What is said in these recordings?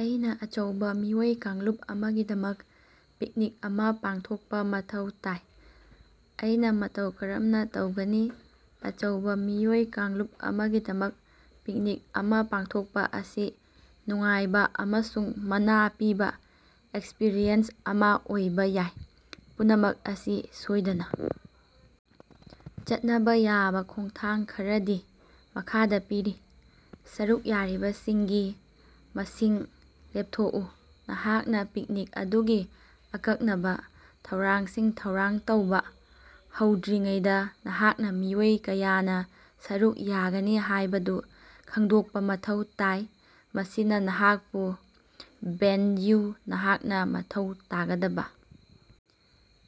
ꯑꯩꯅꯥ ꯑꯆꯧꯕꯥ ꯃꯤꯑꯣꯏ ꯀꯥꯡꯂꯨꯞ ꯑꯃꯒꯤꯗꯃꯛ ꯄꯤꯛꯅꯤꯛ ꯑꯃꯥ ꯄꯥꯡꯊꯣꯛꯄꯥ ꯃꯊꯧ ꯇꯥꯏ꯫ ꯑꯩꯅꯥ ꯃꯇꯧ ꯀꯔꯝꯅꯥ ꯇꯧꯒꯅꯤ? ꯑꯆꯧꯕꯥ ꯃꯤꯑꯣꯏ ꯀꯥꯡꯂꯨꯞ ꯑꯃꯒꯤꯗꯃꯛ ꯄꯤꯛꯅꯤꯛ ꯑꯃꯥ ꯄꯥꯡꯊꯣꯛꯄꯥ ꯑꯁꯤ ꯅꯨꯡꯉꯥꯏꯕꯥ ꯑꯃꯁꯨꯡ ꯃꯅꯥ ꯄꯤꯕꯥ ꯑꯦꯛꯁꯄ꯭ꯔꯤꯌꯦꯟꯁ ꯑꯃꯥ ꯑꯣꯏꯕꯥ ꯌꯥꯏ꯫ ꯄꯨꯝꯅꯃꯛ ꯑꯁꯤ ꯁꯣꯏꯗꯅꯥ ꯆꯠꯅꯕꯥ ꯌꯥꯕꯥ ꯈꯣꯡꯊꯥꯡ ꯈꯔꯗꯤ ꯃꯈꯥꯗꯥ ꯄꯤꯔꯤ: ꯁꯔꯨꯛ ꯌꯥꯔꯤꯕꯁꯤꯡꯒꯤ ꯃꯁꯤꯡ ꯂꯦꯞꯊꯣꯛꯎ: ꯅꯍꯥꯛꯅꯥ ꯄꯤꯛꯅꯤꯛ ꯑꯗꯨꯒꯤ ꯑꯀꯛꯅꯕꯥ ꯊꯧꯔꯥꯡꯁꯤꯡ ꯊꯧꯔꯥꯡ ꯇꯧꯕꯥ ꯍꯧꯗ꯭ꯔꯤꯉꯩꯗꯥ, ꯅꯍꯥꯛꯅꯥ ꯃꯤꯑꯣꯏ ꯀꯌꯥꯅꯥ ꯁꯔꯨꯛ ꯌꯥꯒꯅꯤ ꯍꯥꯏꯕꯗꯨ ꯈꯪꯗꯣꯛꯄꯥ ꯃꯊꯧ ꯇꯥꯏ꯫ ꯃꯁꯤꯅꯥ ꯅꯍꯥꯛꯄꯨ ꯚꯦꯟꯌꯨ, ꯅꯍꯥꯛꯅꯥ ꯃꯊꯧ ꯇꯥꯒꯗꯕꯥ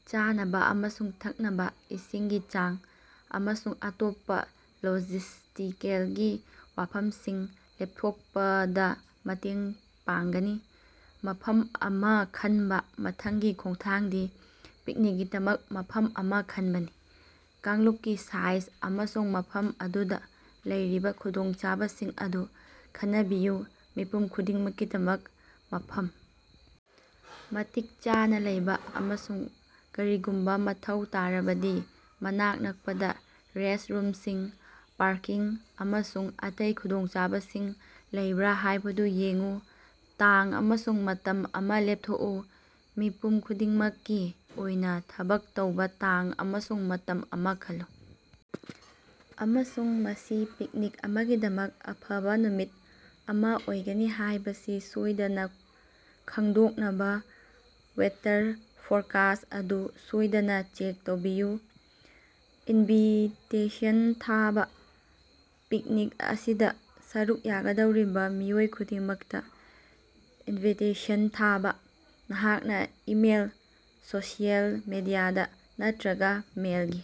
ꯆꯥꯅꯕꯥ ꯑꯃꯁꯨꯡ ꯊꯛꯅꯕꯥ ꯏꯁꯤꯡꯒꯤ ꯆꯥꯡ, ꯑꯃꯁꯨꯡ ꯑꯇꯣꯞꯄꯥ ꯂꯣꯖꯤꯁꯇꯤꯀꯦꯜꯒꯤ ꯋꯥꯐꯝꯁꯤꯡ ꯂꯦꯞꯊꯣꯛꯄꯗꯥ ꯃꯇꯦꯡ ꯄꯥꯡꯒꯅꯤ꯫ ꯃꯐꯝ ꯑꯃꯥ ꯈꯟꯕꯥ: ꯃꯊꯪꯒꯤ ꯈꯣꯡꯊꯥꯡꯗꯤ ꯄꯤꯛꯅꯤꯛꯀꯤꯗꯃꯛ ꯃꯐꯝ ꯑꯃꯥ ꯈꯟꯕꯅꯤ꯫ ꯀꯥꯡꯂꯨꯞꯀꯤ ꯁꯥꯏꯖ ꯑꯃꯁꯨꯡ ꯃꯐꯝ ꯑꯗꯨꯗꯥ ꯂꯩꯔꯤꯕꯥ ꯈꯨꯗꯣꯡꯆꯥꯕꯁꯤꯡ ꯑꯗꯨ ꯈꯟꯅꯕꯤꯌꯨ꯫ ꯃꯤꯄꯨꯝ ꯈꯨꯗꯤꯡꯃꯛꯀꯤꯗꯃꯛ ꯃꯐꯝ ꯃꯇꯤꯛ ꯆꯥꯅꯥ ꯂꯩꯕꯥ, ꯑꯃꯁꯨꯡ ꯀꯔꯤꯒꯨꯝꯕꯥ ꯃꯊꯧ ꯇꯥꯔꯕꯗꯤ ꯃꯅꯥꯛ ꯅꯛꯄꯗꯥ ꯔꯦꯁ ꯔꯨꯝꯁꯤꯡ, ꯄꯥꯔꯀꯤꯡ ꯑꯃꯁꯨꯡ ꯑꯇꯩ ꯈꯨꯗꯣꯡꯆꯥꯕꯁꯤꯡ ꯂꯩꯕ꯭ꯔꯥ ꯍꯥꯏꯕꯗꯨ ꯌꯦꯡꯎ꯫ ꯇꯥꯡ ꯑꯃꯁꯨꯡ ꯃꯇꯝ ꯑꯃꯥ ꯂꯦꯞꯊꯣꯛꯎ: ꯃꯤꯄꯨꯝ ꯈꯨꯗꯤꯡꯃꯛꯀꯤ ꯑꯣꯏꯅꯥ ꯊꯕꯛ ꯇꯧꯕꯥ ꯇꯥꯡ ꯑꯃꯁꯨꯡ ꯃꯇꯝ ꯑꯃꯥ ꯈꯜꯂꯨ, ꯑꯃꯁꯨꯡ ꯃꯁꯤ ꯄꯤꯛꯅꯤꯛ ꯑꯃꯒꯤꯗꯃꯛ ꯑꯐꯕꯥ ꯅꯨꯃꯤꯠ ꯑꯃꯥ ꯑꯣꯏꯒꯅꯤ ꯍꯥꯏꯕꯁꯤ ꯁꯣꯏꯗꯅꯥ ꯈꯪꯗꯣꯛꯅꯕꯥ ꯋꯦꯗꯔ ꯐꯣꯔꯀꯥꯁ ꯑꯗꯨ ꯁꯣꯏꯗꯅꯥ ꯆꯦꯛ ꯇꯧꯕꯤꯌꯨ꯫ ꯏꯟꯚꯤꯇꯦꯁꯟ ꯊꯥꯕꯥ: ꯄꯤꯛꯅꯤꯛ ꯑꯁꯤꯗꯥ ꯁꯔꯨꯛ ꯌꯥꯒꯗꯧꯔꯤꯕꯥ ꯃꯤꯑꯣꯏ ꯈꯨꯗꯤꯡꯃꯛꯇꯥ ꯏꯟꯚꯤꯇꯦꯁꯟ ꯊꯥꯕꯥ꯫ ꯅꯍꯥꯛꯅꯥ ꯏꯃꯦꯜ, ꯁꯣꯁꯤꯑꯦꯜ ꯃꯦꯗꯤꯌꯥ, ꯅꯠꯇ꯭ꯔꯒꯥ ꯃꯦꯜꯒꯤ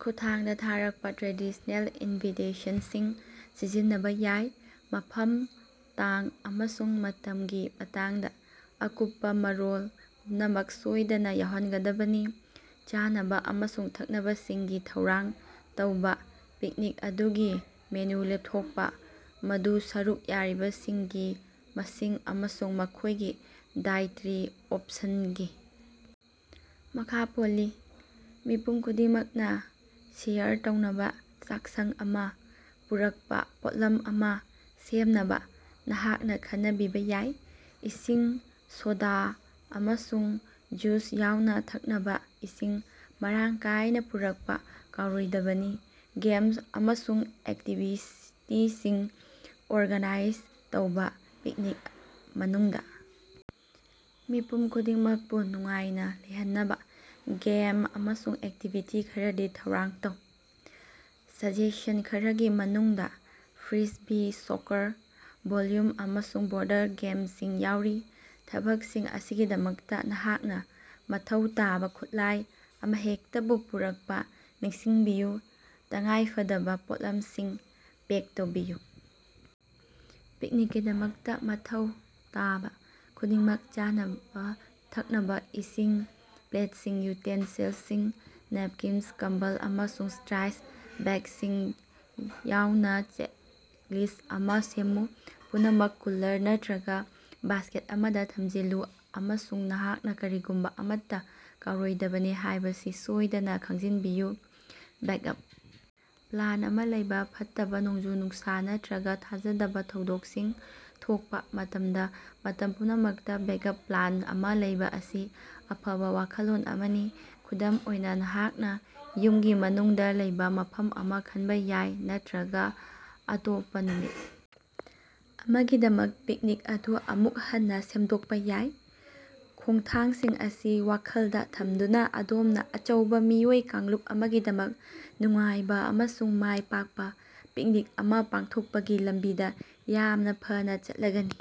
ꯈꯨꯠꯊꯥꯡꯗꯥ ꯊꯥꯔꯛꯄꯥ ꯇ꯭ꯔꯦꯗꯤꯁꯅꯦꯜ ꯏꯟꯚꯤꯇꯦꯁꯟꯁꯤꯡ ꯁꯤꯖꯤꯟꯅꯕꯥ ꯌꯥꯏ꯫ ꯃꯐꯝ, ꯇꯥꯡ ꯑꯃꯁꯨꯡ ꯃꯇꯝꯒꯤ ꯃꯇꯥꯡꯗꯥ ꯑꯀꯨꯞꯄꯥ ꯃꯔꯣꯜ ꯄꯨꯝꯅꯃꯛ ꯁꯣꯏꯗꯅꯥ ꯌꯥꯎꯍꯟꯒꯗꯕꯅꯤ꯫ ꯆꯥꯅꯕꯥ ꯑꯃꯁꯨꯡ ꯊꯛꯅꯕꯁꯤꯡꯒꯤ ꯊꯧꯔꯥꯡ ꯇꯧꯕꯥ: ꯄꯤꯛꯅꯤꯛ ꯑꯗꯨꯒꯤ ꯃꯦꯅꯨ ꯂꯦꯞꯊꯣꯛꯄꯥ, ꯃꯗꯨ ꯁꯔꯨꯛ ꯌꯥꯔꯤꯕꯁꯤꯡꯒꯤ ꯃꯁꯤꯡ ꯑꯃꯁꯨꯡ ꯃꯈꯣꯏꯒꯤ ꯗꯥꯏꯠꯇꯔꯤ ꯑꫭꯞꯁꯟꯒꯤ ꯃꯈꯥ ꯄꯣꯜꯂꯤ꯫ ꯃꯤꯄꯨꯝ ꯈꯨꯗꯤꯡꯃꯛꯅꯥ ꯁꯦꯌꯔ ꯇꯧꯅꯕꯥ ꯆꯥꯛꯁꯪ ꯑꯃꯥ ꯄꯨꯔꯛꯄꯥ ꯄꯣꯠꯂꯝ ꯑꯃꯥ ꯁꯦꯝꯅꯕꯥ ꯅꯍꯥꯛꯅꯥ ꯈꯟꯅꯕꯤꯕꯥ ꯌꯥꯏ꯫ ꯏꯁꯤꯡ, ꯁꯣꯗꯥ ꯑꯃꯁꯨꯡ ꯖꯨꯁ ꯌꯥꯎꯅꯥ ꯊꯛꯅꯕꯥ ꯏꯁꯤꯡ ꯃꯔꯥꯡ ꯀꯥꯏꯅꯥ ꯄꯨꯔꯛꯄꯥ ꯀꯥꯎꯔꯣꯏꯗꯕꯅꯤ꯫ ꯒꯦꯝ ꯑꯃꯁꯨꯡ ꯑꯦꯛꯇꯤꯚꯤꯇꯤꯁꯤꯡ ꯑꯣꯔꯒꯥꯅꯥꯏꯖ ꯇꯧꯕꯥ: ꯄꯤꯛꯅꯤꯛ ꯃꯅꯨꯡꯗꯥ ꯃꯤꯄꯨꯝ ꯈꯨꯗꯤꯡꯃꯛꯄꯨ ꯅꯨꯡꯉꯥꯏꯅꯥ ꯂꯩꯍꯟꯅꯕꯥ ꯒꯦꯝ ꯑꯃꯁꯨꯡ ꯑꯦꯛꯇꯤꯚꯤꯇꯤ ꯈꯔꯗꯤ ꯊꯧꯔꯥꯡ ꯇꯧ꯫ ꯁꯖꯦꯁꯟ ꯈꯔꯒꯤ ꯃꯅꯨꯡꯗꯥ ꯐ꯭ꯔꯤꯁꯕꯤ, ꯁꯣꯀꯔ, ꯚꯣꯜꯌꯨꯝ, ꯑꯃꯁꯨꯡ ꯕꯣꯔꯗ ꯒꯦꯝꯁꯤꯡ ꯌꯥꯎꯔꯤ꯫ ꯊꯕꯛꯁꯤꯡ ꯑꯁꯤꯒꯤꯗꯃꯛꯇꯥ ꯅꯍꯥꯛꯅꯥ ꯃꯊꯧ ꯇꯥꯕꯥ ꯈꯨꯠꯂꯥꯏ ꯑꯃꯍꯦꯛꯇꯕꯨ ꯄꯨꯔꯛꯄꯥ ꯅꯤꯡꯁꯤꯡꯕꯤꯌꯨ꯫ ꯇꯉꯥꯏꯐꯗꯕꯥ ꯄꯣꯠꯂꯝꯁꯤꯡ ꯄꯦꯛ ꯇꯧꯕꯤꯌꯨ: ꯄꯤꯛꯅꯤꯛꯀꯤꯗꯃꯛꯇꯥ ꯃꯊꯧ ꯇꯥꯕꯥ ꯈꯨꯗꯤꯡꯃꯛ, ꯆꯥꯅꯕꯥ, ꯊꯛꯅꯕꯥ ꯏꯁꯤꯡ, ꯄ꯭ꯂꯦꯠꯁꯤꯡ, ꯌꯨꯇꯦꯟꯁꯤꯜꯁꯤꯡ, ꯅꯦꯞꯀꯤꯟ, ꯀꯝꯕꯜ, ꯑꯃꯁꯨꯡ ꯇ꯭ꯔꯥꯁ ꯕꯦꯒꯁꯤꯡ ꯌꯥꯎꯅꯥ ꯆꯦꯛꯂꯤꯁ꯭ꯠ ꯑꯃꯥ ꯁꯦꯝꯃꯨ꯫ ꯄꯨꯝꯅꯃꯛ ꯀꯨꯂꯔ ꯅꯠꯇ꯭ꯔꯒꯥ ꯕꯥꯁ꯭ꯀꯦꯠ ꯑꯃꯗꯥ ꯊꯝꯖꯤꯜꯂꯨ ꯑꯃꯁꯨꯡ ꯅꯍꯥꯛꯅꯥ ꯀꯔꯤꯒꯨꯝꯕꯥ ꯑꯃꯠꯇꯥ ꯀꯥꯎꯔꯣꯏꯗꯕꯅꯤ ꯍꯥꯏꯕꯁꯤ ꯁꯣꯏꯗꯅꯥ ꯈꯪꯖꯤꯟꯕꯤꯌꯨ꯫ ꯕꯦꯛꯑꯞ ꯄ꯭ꯂꯥꯟ ꯑꯃꯥ ꯂꯩꯕꯥ: ꯐꯠꯇꯕꯥ ꯅꯣꯡꯖꯨ-ꯅꯨꯡꯁꯥ ꯅꯠꯇ꯭ꯔꯒꯥ ꯊꯥꯖꯗꯕꯥ ꯊꯧꯗꯣꯛꯁꯤꯡ ꯊꯣꯛꯄꯥ ꯃꯇꯝꯗꯥ, ꯃꯇꯝ ꯄꯨꯝꯅꯃꯛꯇꯥ ꯕꯦꯛꯑꯞ ꯄ꯭ꯂꯥꯟ ꯑꯃꯥ ꯂꯩꯕꯥ ꯑꯁꯤ ꯑꯐꯕꯥ ꯋꯥꯈꯜꯂꯣꯟ ꯑꯃꯅꯤ꯫ ꯈꯨꯗꯝ ꯑꯣꯏꯅꯥ, ꯅꯍꯥꯛꯅꯥ ꯌꯨꯝꯒꯤ ꯃꯅꯨꯡꯗꯥ ꯂꯩꯕꯥ ꯃꯐꯝ ꯑꯃꯥ ꯈꯟꯕꯥ ꯌꯥꯏ ꯅꯠꯇ꯭ꯔꯒꯥ ꯑꯇꯣꯞꯄꯥ ꯅꯨꯃꯤꯠ ꯑꯃꯒꯤꯗꯃꯛ ꯄꯤꯛꯅꯤꯛ ꯑꯗꯨ ꯑꯃꯨꯛ ꯍꯟꯅꯥ ꯁꯦꯝꯗꯣꯛꯄꯥ ꯌꯥꯏ꯫ ꯈꯣꯡꯊꯥꯡꯁꯤꯡ ꯑꯁꯤ ꯋꯥꯈꯜꯗꯥ ꯊꯝꯗꯨꯅꯥ, ꯑꯗꯣꯝꯅꯥ ꯑꯆꯧꯕꯥ ꯃꯤꯑꯣꯏ ꯀꯥꯡꯂꯨꯞ ꯑꯃꯒꯤꯗꯃꯛ ꯅꯨꯡꯉꯥꯏꯕꯥ ꯑꯃꯁꯨꯡ ꯃꯥꯏ ꯄꯥꯛꯄꯥ ꯄꯤꯛꯅꯤꯛ ꯑꯃꯥ ꯄꯥꯡꯊꯣꯛꯄꯒꯤ ꯂꯝꯕꯤꯗꯥ ꯌꯥꯝꯅꯥ ꯐꯅꯥ ꯆꯠꯂꯒꯅꯤ꯫